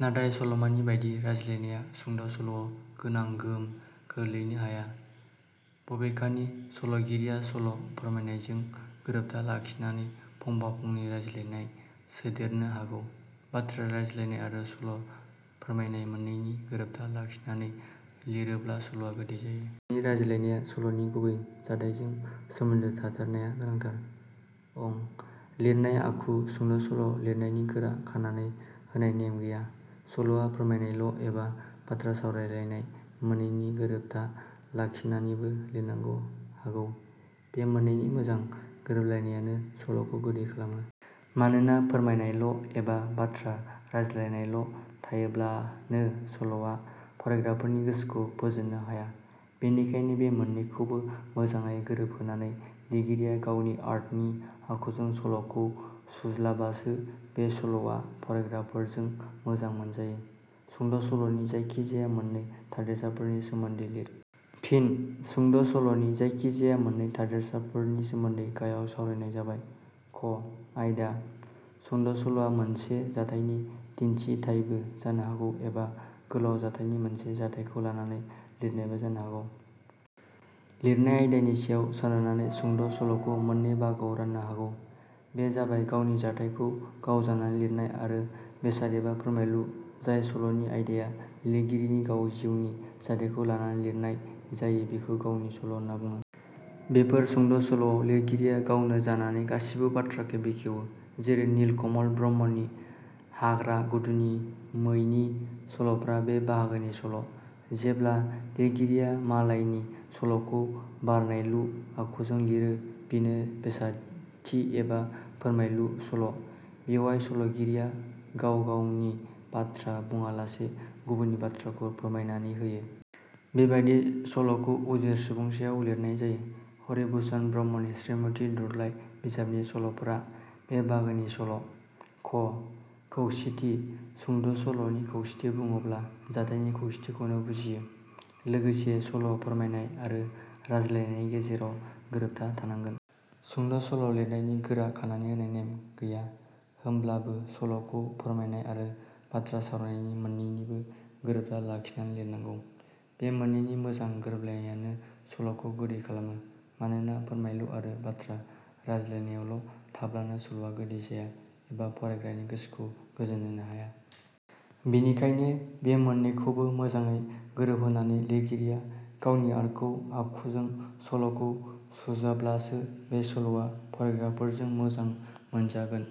नाथाय सलमानि बादि रायज्लायनाया सुंद' सल'आव गोनां गोहोम खोलैनो हाया। बबेखानि सल'गिरिया सल' फोरमायनायजों गोरोबथा लाखिनानै फंफा फंनै रायज्लायनाय सोदेरनो हागौ। बाथ्रा रायज्लायनाय आरो सल' फोरमायनाय मोननैनि गोरोबथा लाखिनानै लिरोब्ला सल'आ गोदै जायो। सल'नि रायज्लायनाया सल 'नि गुबै जाथाइजों सोमोन्दो थाथारनाया गोनांथार। ङ लिरनाय आखु: सुंद' सल' लिरनायनि गोरा खानानै होनाय नेम गैया। सल'आ फोरमायनायल' एबा बाथ्रा सावरायलायनाय मोनैनि गोरोबथा लाखिनानैबो लिरनो हागौ। बे मोननैनि मोजां गोरोबलायनायानो 'सल'खौ गोदै खालामो। मानोना फोरमायनायल' एबा बाथ्रा रायज्लायनायल' थायोब्लानो सल 'या फरायग्राफोरनि गोसोखौ फोजोननो हाया। बेखायनो बे मोननैखौबो मोजाङै गोरोब होनानै लिरगिरिया गावनि आर्टनि आखुजों सल 'खौ सुजुब्लासो बे सल 'या फरायग्राफोरजों मोजां मोनजायो। सुंद' सल 'नि जायखि जाया मोननै थादेरसाफोरनि सोमोन्दै लिर। फिन: सुंद' सल 'नि जायखि जाया मोननै थादेरसाफोरनि सोमोन्दै गाहायाव सावरायनाय जाबाय- क आयदा: सुंद' सल 'वा मोनसे जाथायनि दिन्थिथायबो जानो हागौ एबा गोलाउ जाथायनि मोनसे जाथायखौ लानानै लिरनायबो जानो हागौ। लिरनाय आयदानि सायाव सोनारनानै सुंद' सल'खौ मोननै बाहागोआव राननो हागौ, बे जाबाय- गावनि जाथायखौ गाव जानानै लिरनाय आरो बेसाद एबा फोरमायलु। जाय सल 'नि आयदाया लिरगिरिनि गाव जिउनि जाथायखौ लानानै लिरनाय जायो बेखौ गावनि सल' होनना बुङो। बेफोर सुंद' सल 'आव लिरगिरिया गावनो जानानै गासैबो बाथ्राखौ बेखेवो। जैरै-नीलकमल ब्रह्मनि हाग्रा गुदुनि मैनि सल'फोरा बे बाहागोनि सल'। जेब्ला लिरगिरिया मालायनि सल 'खौ बारनायलु आखुजों लिरो बेनो बेसादथि एबा फोरमायलु सल'। बेवहाय सल'गिरिया गाव गावनि बाथ्रा बुङालासे गुबुननि बाथ्राखौ फोरमायनानै होयो। बे बादि सल'खौ उजेर सुबुंसायाव लिरनाय जायो। हरिभुषन ब्रह्मनि श्रीमति दुरलाय बिजाबनि सल'फोरा बे बाहागोनि सल'। ख खौसेथि: सुंद' सल'नि खौसेथि बुङोब्ला जाथायनि खौसेथिखौनो बुजियो। लोगोसे सल' फोरमायनाय आरो रायज्लायनायनि गेजेराव गोरोबथा थानांगोन। सुंद' सल' लिरनायनि गोरा खानानै होनाय नेम गैया। होमब्लाबो सल 'खौ फोरमायनाय आरो बाथ्रा सावरायनायनि मोननैनिबो गोरोबथा लाखिनानै लिरनांगौ। बे मोननैनि मोजां गोरोबलायनायानो सल'खौ गोदै खालामो। मानोना फोरमायनायल' आरो बाथ्रा रायज्लायनायल' थाब्लानो सल'आ गोदै जाया एबा फरायग्रानि गोसोखौ गोजोनहोनो हाया। बेखायनो बे मोननैखौबो मोजाङै गोरोबहोनानै लिरगिरिया गावनि आर्टखौ आखुजों सल 'खौ सुजुब्लासो बे सल'आ फरायग्राफोरजों मोजां मोनजागोन।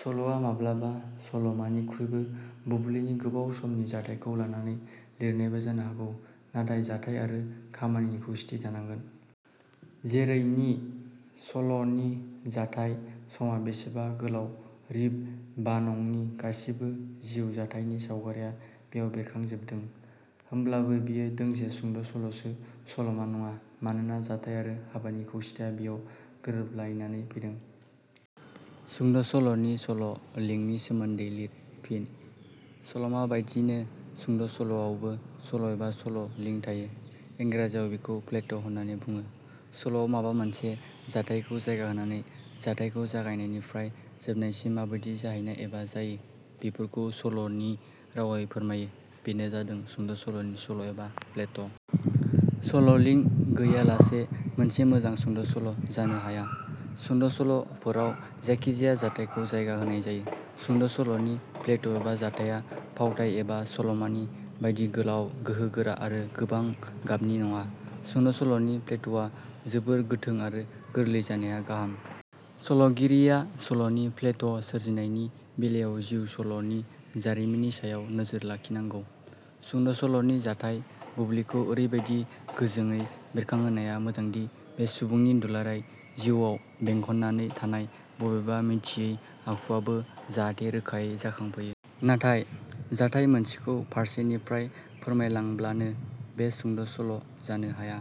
सल'आ माब्लाबा सल'मानिख्रुइबो बुब्लिनि गोबाव समनि जाथायखौ लानानै लिरनायबो जानो हागौ नाथाय जाथाइ आरो खामानिनि खौसेथि थानांगोन। जेरै नि "" सल 'नि जाथाइ समा बेसेबा गोलाउ, रिप भानंनि गासैबो जिउ जाथाइनि सावगारिया बेयाव बेरखांजोबदों होमब्लाबो बेयो दोंसे सुंद' सल'सो, सल'मा नङा। मानोना जाथाइ आरो हाबानि खौसेथिया बेयाव गोरोबलायनानै फैदों। सुंद' सल 'नि सल 'लिंनि सोमोन्दै लिर। फिन: सल'माबादिनो सुंद' सल'आवबो सल' एबा सल 'लिं थायो, इंराजियाव बेखौ प्लट होननानै बुङो। सल'आव माबा मोनसे जाथाइखौ जायगा होनानै जाथाइखौ जागायनायनिफ्राय जोबनायसिम माबादि जाहैनाय एबा जायो बेफोरखौ सल'नि रावै फोरमायो, बेनो जादों सुंद' सल'नि सल' एबा प्लट। सल 'लिं गैयालासे मोनसे मोजां सुंद' सल' जानो हाया। सुंद' सल 'फोराव जायखिजाया जाथाइखौ जायगा होनाय जायो। सुंद' सल'नि प्लट एबा जाथाइया फावथाइ एबा सलमानि बादि गोलाव गोहोगोरा आरो गोबां गाबनि नङा। सुंद' सल 'नि प्लटआ जोबोर गोथों आरो गोरलै जानाया गाहाम। सल 'गिरिया सल 'नि प्लट सोरजिनायनि बेलायाव जिउ सल 'नि जारिमिननि सायाव नोजोर लाखिनांगौ। सुंद' सल 'नि जाथाइ बुब्लिखौ एरैबादि गोजोङै बेरखांहोनाया मोजांदि बे सुबुंनि दुलाराय जिउवाव बेंखननानै थानाय बबेबा मिथियै आखुवाबो जाहाथे रोखायै जाखां फैयो। नाथाय जाथाइ मोनसेखौ फारसे निफ्राय फोरमायलांब्लानो बे सुंद' सल' जानो हाया।